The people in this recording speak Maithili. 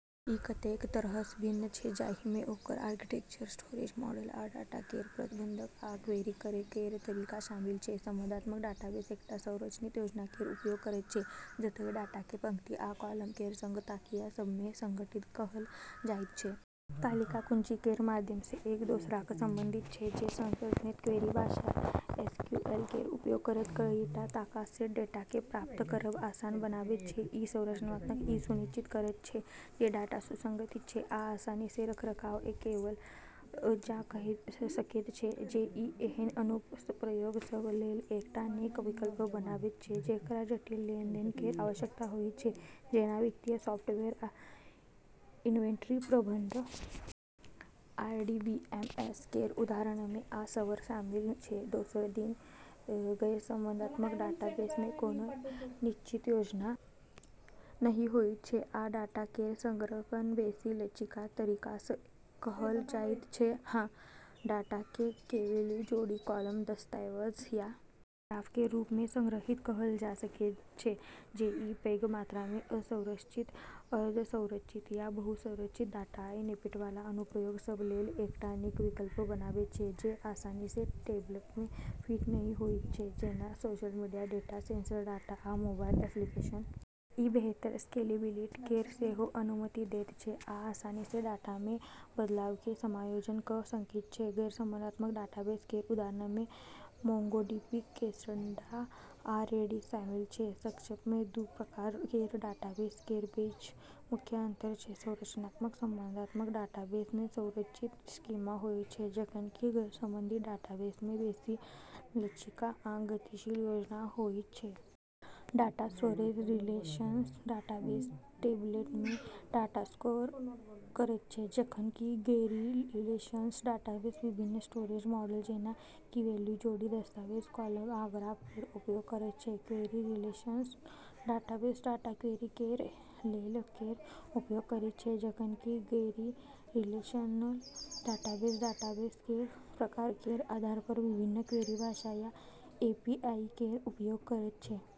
ई कतेक तरहसँ भिन्न छै जाहिमे ओकर आर्किटेक्चर स्टोरेज मॉडल आ डाटा केर प्रबंधन आ क्वेरी करै केर तरीका शामिल छै। संबंधात्मक डाटाबेस एकटा संरचित योजना केर उपयोग करैत छै जतए डाटाकेँ पंक्ति आ कॉलम केर संग तालिका सभमे संगठित कएल जाइत छै। तालिका कुंजी केर माध्यमसँ एक दोसरासँ संबंधित छै जे संरचित क्वेरी भाषा एसक्यूएल केर उपयोग करैत कईटा तालिकासँ डेटाकेँ प्राप्त करब आसान बनाबैत छै। ई संरचना ई सुनिश्चित करैत छै जे डाटा सुसंगत छै आ आसानीसँ रखरखाव कएल जा सकैत छै जे ई एहन अनुप्रयोग सभ लेल एकटा नीक विकल्प बनाबैत छै जेकरा जटिल लेनदेन केर आवश्यकता होइत छै जेना वित्तीय सॉफ्टवेयर या इन्वेंट्री प्रबंधन। आरडीबीएमएस केर उदाहरणमे आ सर्वर शामिल छै। दोसर दिस गैरसंबंधात्मक डाटाबेसमे कोनो निश्चित योजना नहि होइत छै आ डाटा केर संग्रहण बेसी लचीला तरीकासँ कएल जाइत छै। डाटाकेँ कीवैल्यू जोड़ी कॉलम दस्तावेज या ग्राफ केर रूपमे संग्रहीत कएल जा सकैत छै जे ई पैघ मात्रामे असंरचित अर्धसंरचित या बहुसंरचित डाटासँ निपटैवाला अनुप्रयोग सभ लेल एकटा नीक विकल्प बनाबैत छै जे आसानीसँ टेबलमे फिट नहि होइत छै जेना social media data sensor data आ मोबाइल एप्लीकेशन। ई बेहतर स्केलेबिलिटी केर सेहो अनुमति दैत छै आ आसानीसँ डाटामे बदलावकेँ समायोजित कऽ सकैत छै। गैरसंबंधात्मक डाटाबेस केर उदाहरणमे मोंगोडीबी कैसंड्रा आ रेडिस शामिल छै। संक्षेपमे दू प्रकार केर डाटाबेस केर बीच मुख्य अंतर छै संरचना संबंधात्मक डाटाबेसमे संरचित स्कीमा होइत छै जखन कि गैरसंबंधी डाटाबेसमे बेसी लचीला आ गतिशील योजना होइत छै। डाटा स्टोरेज रिलेशनल डाटाबेस टेबलमे डाटा स्टोर करैत छै जखन कि गैररिलेशनल डाटाबेस विभिन्न स्टोरेज मॉडल जेना कीवैल्यू जोड़ी दस्तावेज कॉलम आ ग्राफ केर उपयोग करैत छै। Query relational database data query करै लेल केर उपयोग करैत छै जखन कि गैररिलेशनल डाटाबेस डाटाबेस केर प्रकार केर आधारपर विभिन्न क्वेरी भाषा या एपीआई केर उपयोग करैत छै।